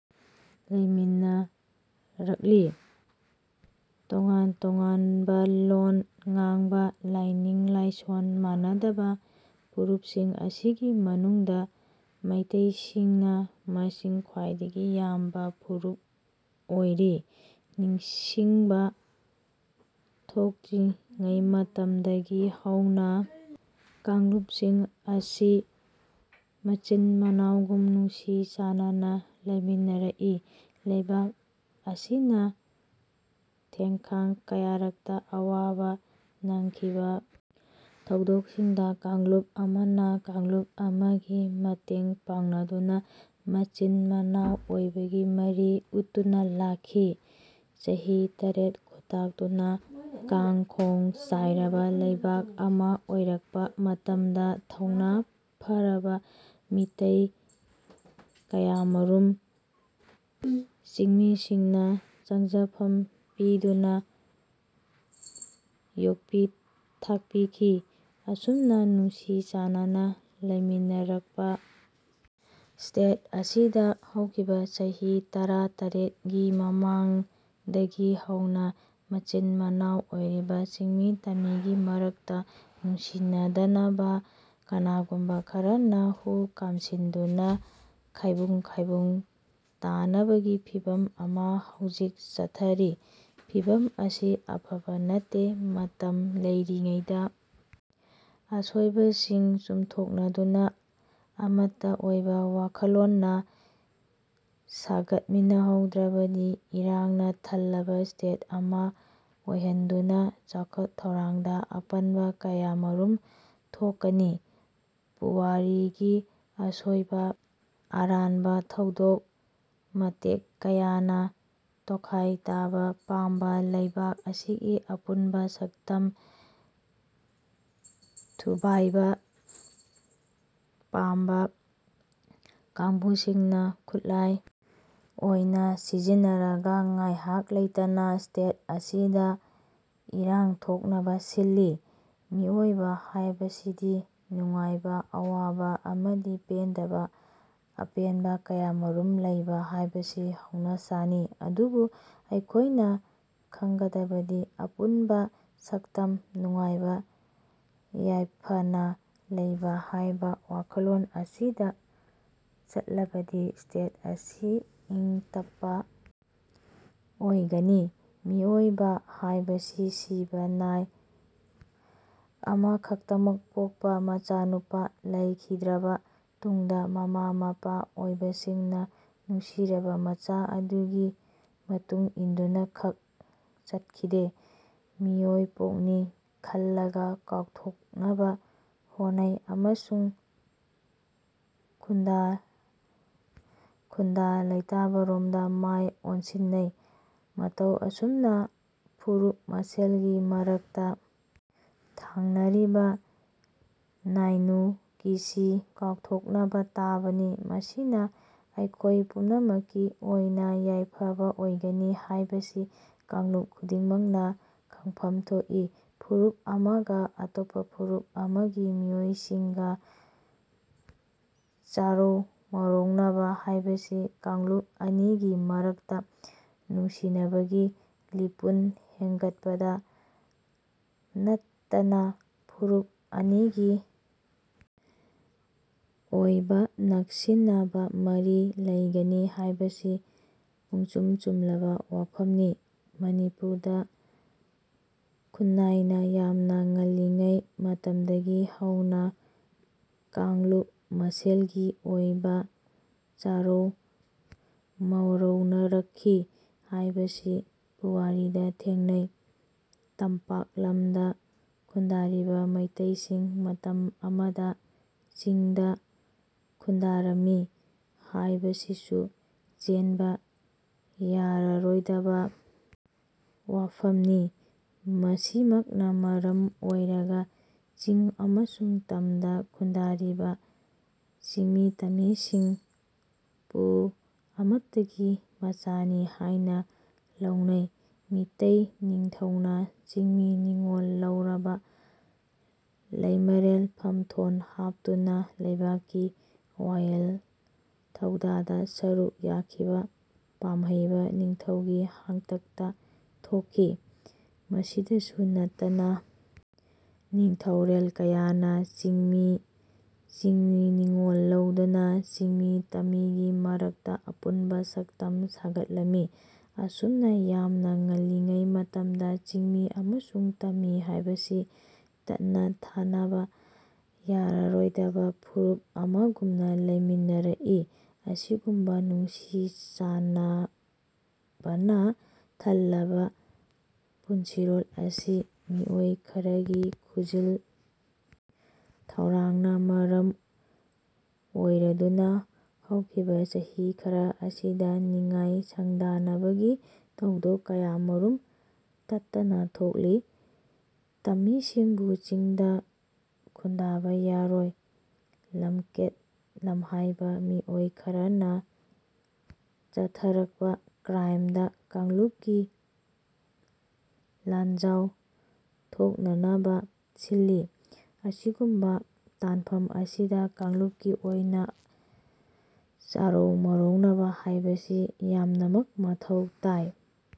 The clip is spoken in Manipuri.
ꯂꯩꯃꯤꯟꯅꯔꯛꯂꯤ꯫ ꯇꯣꯉꯥꯟ ꯇꯣꯉꯥꯟꯕ ꯂꯣꯟ ꯉꯥꯡꯕ, ꯂꯥꯏꯅꯤꯡ-ꯂꯥꯏꯁꯣꯟ ꯃꯥꯟꯅꯗꯕ ꯐꯨꯔꯨꯞꯁꯤꯡ ꯑꯁꯤꯒꯤ ꯃꯅꯨꯡꯗ ꯃꯤꯇꯩꯁꯤꯡꯅ ꯃꯁꯤꯡ ꯈ꯭ꯋꯥꯏꯗꯒꯤ ꯌꯥꯝꯕ ꯐꯨꯔꯨꯞ ꯑꯣꯏꯔꯤ꯫ ꯅꯤꯡꯁꯤꯡꯕ ꯊꯣꯛꯇ꯭ꯔꯤꯉꯩ ꯃꯇꯝꯗꯒꯤ ꯍꯧꯅ ꯀꯥꯡꯂꯨꯞꯁꯤꯡ ꯑꯁꯤ ꯃꯆꯤꯟ ꯃꯅꯥꯎꯒꯨꯝ ꯅꯨꯡꯁꯤ ꯆꯥꯟꯅꯅ ꯂꯩꯃꯤꯟꯅꯔꯛꯏ꯫ ꯂꯩꯕꯥꯛ ꯑꯁꯤꯅ ꯊꯦꯡꯈꯥꯡ ꯀꯌꯥꯔꯛꯇ ꯑꯋꯥꯕ ꯅꯡꯈꯤꯕ ꯊꯧꯗꯣꯛꯁꯤꯡꯗ ꯀꯥꯡꯂꯨꯞ ꯑꯃꯅ ꯀꯥꯡꯂꯨꯞ ꯑꯃꯒꯤ ꯃꯇꯦꯡꯄꯥꯡꯅꯗꯨꯅ ꯃꯆꯤꯟ ꯃꯅꯥꯎ ꯑꯣꯏꯕꯒꯤ ꯃꯔꯤ ꯎꯠꯇꯨꯅ ꯂꯥꯛꯈꯤ꯫ ꯆꯍꯤ ꯇꯔꯦꯠ ꯈꯨꯟꯇꯥꯛꯇꯨꯅ ꯀꯥꯡ-ꯈꯣꯡ ꯆꯥꯏꯔꯕ ꯂꯩꯕꯥꯛ ꯑꯃ ꯑꯣꯏꯔꯛꯄ ꯃꯇꯝꯗ ꯊꯧꯅ ꯐꯔꯕ ꯃꯤꯇꯩ ꯀꯌꯥꯃꯔꯨꯝ ꯆꯤꯡꯃꯤꯁꯤꯡꯅ ꯆꯪꯖꯐꯝ ꯄꯤꯗꯨꯅ ꯌꯣꯛꯄꯤ ꯊꯥꯛꯄꯤꯈꯤ꯫ ꯑꯁꯨꯝꯅ ꯅꯨꯡꯁꯤ-ꯆꯥꯟꯅꯅ ꯂꯩꯃꯤꯟꯅꯔꯛꯄ ꯁ꯭ꯇꯦꯠ ꯑꯁꯤꯗ ꯍꯧꯈꯤꯕ ꯆꯍꯤ ꯇꯔꯥ ꯇꯔꯦꯠ ꯒꯤ ꯃꯃꯥꯡꯗꯒꯤ ꯍꯧꯅ ꯃꯆꯤꯟ ꯃꯅꯥꯎ ꯑꯣꯏꯔꯤꯕ ꯆꯤꯡꯃꯤ ꯇꯝꯃꯤꯒꯤ ꯃꯔꯛꯇ ꯅꯨꯡꯁꯤꯅꯗꯅꯕ ꯀꯅꯥꯒꯨꯝꯕ ꯈꯔꯅ ꯍꯨ ꯀꯥꯝꯁꯤꯟꯗꯨꯅ ꯈꯥꯏꯕꯨꯡ ꯈꯥꯏꯕꯨꯡ ꯇꯥꯅꯕꯒꯤ ꯐꯤꯚꯝ ꯑꯃ ꯍꯧꯖꯤꯛ ꯆꯠꯊꯔꯤ꯫ ꯐꯤꯚꯝ ꯑꯁꯤ ꯑꯐꯕ ꯅꯠꯇꯦ, ꯃꯇꯝ ꯂꯩꯔꯤꯉꯩꯗ ꯑꯁꯣꯏꯕꯁꯤꯡ ꯆꯨꯝꯊꯣꯛꯅꯗꯨꯅ ꯑꯃꯠꯇ ꯑꯣꯏꯕ ꯋꯥꯈꯜꯂꯣꯅ ꯁꯥꯒꯠꯃꯤꯟꯅꯍꯧꯗ꯭ꯔꯕꯗꯤ ꯏꯔꯥꯡꯅ ꯊꯜꯂꯕ ꯁ꯭ꯇꯦꯠ ꯑꯃ ꯑꯣꯏꯍꯟꯗꯨꯅ ꯆꯥꯎꯈꯠ ꯊꯧꯔꯥꯡꯗ ꯑꯄꯟꯕ ꯀꯌꯥꯃꯔꯨꯝ ꯊꯣꯛꯀꯅꯤ꯫ ꯄꯨꯋꯥꯔꯤꯒꯤ ꯑꯁꯣꯏꯕ, ꯑꯔꯥꯟꯕ ꯊꯧꯗꯣꯛ ꯃꯇꯦꯛ ꯀꯌꯥꯅ ꯇꯣꯈꯥꯏ ꯇꯥꯕ ꯄꯥꯝꯕ, ꯂꯩꯕꯥꯛ ꯑꯁꯤꯒꯤ ꯑꯄꯨꯟꯕ ꯁꯛꯇꯝ ꯊꯨꯚꯥꯏꯕ ꯄꯥꯝꯕ ꯀꯥꯡꯕꯨꯁꯤꯡꯅ ꯈꯨꯠꯂꯥꯏ ꯑꯣꯏꯅ ꯁꯤꯖꯤꯟꯅꯔꯒ ꯉꯥꯏꯍꯥꯛ ꯂꯩꯇꯅ ꯁ꯭ꯇꯦꯠ ꯑꯁꯤꯗ ꯏꯔꯥꯡꯊꯣꯛꯅꯕ ꯁꯤꯜꯂꯤ꯫ ꯃꯤꯑꯣꯏꯕ ꯍꯥꯏꯕꯁꯤꯗꯤ ꯅꯨꯡꯉꯥꯏꯕ-ꯑꯋꯥꯕ ꯑꯃꯗꯤ ꯄꯦꯟꯗꯕ-ꯑꯄꯦꯟꯕ ꯀꯌꯥꯃꯔꯨꯝ ꯂꯩꯕ ꯍꯥꯏꯕꯁꯤ ꯍꯧꯅꯁꯥꯅꯤ꯫ ꯑꯗꯨꯕꯨ ꯑꯩꯈꯣꯏꯅ ꯈꯪꯒꯗꯕꯗꯤ ꯑꯄꯨꯟꯕ ꯁꯛꯇꯝ, ꯅꯨꯡꯉꯥꯏ ꯌꯥꯏꯐꯅ ꯂꯩꯕ ꯍꯥꯏꯕ ꯋꯥꯈꯜꯂꯣꯟ ꯑꯁꯤꯗ ꯆꯠꯂꯕꯗꯤ ꯁ꯭ꯇꯦꯠ ꯑꯁꯤ ꯏꯪ ꯇꯞꯄ ꯑꯣꯏꯒꯅꯤ꯫ ꯃꯤꯑꯣꯏꯕ ꯍꯥꯏꯕꯁꯤ ꯁꯤꯕ ꯅꯥꯏ, ꯑꯃꯈꯛꯇꯃꯛ ꯄꯣꯛꯄ ꯃꯆꯥꯅꯨꯄꯥ ꯂꯩꯈꯤꯗ꯭ꯔꯕ ꯇꯨꯡꯗ ꯃꯃꯥ ꯃꯄꯥ ꯑꯣꯏꯕꯁꯤꯡꯅ ꯅꯨꯡꯁꯤꯔꯕ ꯃꯆꯥ ꯑꯗꯨꯒꯤ ꯃꯇꯨꯡꯏꯟꯗꯨꯅ ꯈꯛ ꯆꯠꯈꯤꯗꯦ꯫ ꯃꯤꯑꯣꯏꯄꯣꯛꯅꯤ ꯈꯜꯂꯒ ꯀꯥꯎꯊꯣꯛꯅꯕ ꯍꯣꯠꯅꯩ ꯑꯃꯁꯨꯡ ꯈꯨꯟꯗꯥ ꯂꯩꯇꯥꯕꯔꯣꯝꯗ ꯃꯥꯏ ꯑꯣꯟꯁꯤꯟꯅꯩ꯫ ꯃꯇꯧ ꯑꯁꯨꯝꯅ ꯐꯨꯔꯨꯞ ꯃꯁꯦꯜꯒꯤ ꯃꯔꯛꯇ ꯊꯥꯡꯅꯔꯤꯕ ꯅꯥꯏꯅꯨ-ꯀꯤꯁꯤ ꯀꯥꯎꯊꯣꯛꯅꯕ ꯇꯥꯕꯅꯤ꯫ ꯃꯁꯤꯅ ꯑꯩꯈꯣꯏ ꯄꯨꯝꯅꯃꯛꯀꯤ ꯑꯣꯏꯅ ꯌꯥꯏꯐꯕ ꯑꯣꯏꯒꯅꯤ ꯍꯥꯏꯕꯁꯤ ꯀꯥꯡꯂꯨꯞ ꯈꯨꯗꯤꯡꯃꯛꯅ ꯈꯪꯐꯝ ꯊꯣꯛꯏ ꯐꯨꯔꯨꯞ ꯑꯃꯒ ꯑꯇꯣꯞꯄ ꯐꯨꯔꯨꯞ ꯑꯃꯒꯤ ꯃꯤꯑꯣꯏꯁꯤꯡꯒ ꯆꯥꯔꯧ ꯃꯧꯔꯧꯅꯕ ꯍꯥꯏꯕꯁꯤ ꯀꯥꯡꯂꯨꯞ ꯑꯅꯤꯒꯤ ꯃꯔꯛꯇ ꯅꯨꯡꯁꯤꯅꯕꯒꯤ ꯂꯤꯄꯨꯟ ꯍꯦꯟꯒꯠꯄꯗ ꯅꯠꯇꯅ ꯐꯨꯔꯨꯞ ꯑꯅꯤꯒꯤ ꯑꯣꯏꯕ ꯅꯛꯁꯤꯟꯅꯕ ꯃꯔꯤ ꯂꯩꯒꯅꯤ ꯍꯥꯏꯕꯁꯤ ꯄꯨꯝꯆꯨꯝ ꯆꯨꯝꯂꯕ ꯋꯥꯐꯝꯅꯤ꯫ ꯃꯅꯤꯄꯨꯔꯗ ꯈꯨꯟꯅꯥꯏꯅ ꯌꯥꯝꯅ ꯉꯜꯂꯤꯉꯩ ꯃꯇꯝꯗꯒꯤ ꯍꯧꯅ ꯀꯥꯡꯂꯨꯞ ꯃꯁꯦꯜꯒꯤ ꯑꯣꯏꯕ ꯆꯥꯔꯧ ꯃꯧꯔꯧꯅꯔꯛꯈꯤ ꯍꯥꯏꯕꯁꯤ ꯄꯨꯋꯥꯔꯤꯗ ꯊꯦꯡꯅꯩ꯫ ꯇꯝꯄꯥꯛ ꯂꯝꯗ ꯈꯨꯟꯗꯥꯔꯤꯕ ꯃꯩꯇꯩꯁꯤꯡ ꯃꯇꯝ ꯑꯃꯗ ꯆꯤꯡꯗ ꯈꯨꯟꯗꯥꯔꯝꯃꯤ ꯍꯥꯏꯕꯁꯤꯁꯨ ꯆꯦꯟꯕ ꯌꯥꯔꯔꯣꯏꯗꯕ ꯋꯥꯐꯝꯅꯤ꯫ ꯃꯁꯤꯃꯛꯅ ꯃꯔꯝ ꯑꯣꯏꯔꯒ ꯆꯤꯡ ꯑꯃꯁꯨꯡ ꯇꯝꯗ ꯈꯨꯟꯗꯥꯔꯤꯕ ꯆꯤꯡꯃꯤꯇꯝꯃꯤꯁꯤꯡ "ꯄꯨ" ꯑꯃꯠꯇꯒꯤ ꯃꯆꯥꯅꯤ ꯍꯥꯏꯅ ꯂꯧꯅꯩ꯫ ꯃꯤꯇꯩ ꯅꯤꯡꯊꯧꯅ ꯆꯤꯡꯃꯤ ꯅꯤꯉꯣꯜ ꯂꯧꯔꯕ ꯂꯩꯃꯔꯦꯜ ꯐꯝꯊꯣꯟ ꯍꯥꯄꯇꯨꯅ ꯂꯩꯕꯥꯛꯀꯤ ꯋꯥꯌꯦꯟ ꯊꯧꯗꯥꯗ ꯁꯔꯨꯛ ꯌꯥꯈꯤꯕ ꯄꯥꯝꯍꯩꯕ ꯅꯤꯡꯊꯧꯒꯤ ꯍꯥꯛꯇꯛꯇ ꯊꯣꯛꯈꯤ꯫ ꯃꯁꯤꯗꯁꯨ ꯅꯠꯇꯅ ꯅꯤꯡꯊꯧꯔꯣꯜ ꯀꯌꯥꯅ ꯆꯤꯡꯃꯤ ꯆꯤꯡꯃꯤ ꯅꯤꯉꯣꯜ ꯂꯧꯗꯨꯅ ꯆꯤꯡꯃꯤ ꯇꯝꯃꯤꯒꯤ ꯃꯔꯛꯇ ꯑꯄꯨꯟꯕ ꯁꯛꯇꯝ ꯁꯥꯒꯠꯂꯝꯃꯤ꯫ꯑꯁꯨꯝꯅ ꯌꯥꯝꯅ ꯉꯜꯂꯤꯉꯩ ꯃꯇꯝꯗ ꯆꯤꯡꯃꯤ ꯑꯃꯁꯨꯡ ꯇꯝꯃꯤ ꯍꯥꯏꯕꯁꯤ ꯇꯠꯅ-ꯊꯥꯅꯕ ꯌꯥꯔꯔꯣꯏꯗꯕ ꯐꯨꯔꯨꯞ ꯑꯃꯒꯨꯝꯅ ꯂꯩꯃꯤꯟꯅꯔꯛꯏ꯫ ꯑꯁꯤꯒꯨꯝꯕ ꯅꯨꯡꯁꯤ ꯆꯥꯟꯅꯕꯅ ꯊꯜꯂꯕ ꯄꯨꯟꯁꯤꯔꯣꯜ ꯑꯁꯤ ꯃꯤꯑꯣꯏ ꯈꯔꯒꯤ ꯈꯨꯖꯤꯜ ꯊꯧꯔꯥꯡꯅ ꯃꯔꯝ ꯑꯣꯏꯔꯗꯨꯅ ꯍꯧꯈꯤꯕ ꯆꯍꯤ ꯈꯔ ꯑꯁꯤꯗ ꯅꯤꯡꯉꯥꯏ ꯁꯪꯗꯥꯅꯕꯒꯤ ꯊꯧꯗꯣꯛ ꯀꯌꯥꯃꯔꯨꯝ ꯇꯠꯇꯅ ꯊꯣꯛꯂꯤ꯫ ꯇꯝꯃꯤꯁꯤꯡꯕꯨ ꯆꯤꯡꯗ ꯈꯨꯟꯗꯥꯕ ꯌꯥꯔꯣꯏ, ꯂꯝꯀꯦꯠ ꯂꯝꯍꯥꯏꯕ ꯃꯤꯑꯣꯏ ꯈꯔꯅ ꯆꯠꯊꯔꯛꯄ ꯀ꯭ꯔꯥꯏꯝꯗ ꯀꯥꯡꯂꯨꯞꯀꯤ ꯂꯥꯟꯖꯥꯎ ꯊꯣꯛꯅꯅꯕ ꯁꯤꯜꯂꯤ꯫ ꯑꯁꯤꯒꯨꯝꯕ ꯇꯥꯟꯐꯝ ꯑꯁꯤꯗ ꯀꯥꯡꯂꯨꯞꯀꯤ ꯑꯣꯏꯅ ꯆꯥꯔꯧ ꯃꯧꯔꯧꯅꯕ ꯍꯥꯏꯕꯁꯤ ꯌꯥꯝꯅꯃꯛ ꯃꯊꯧ ꯇꯥꯏ꯫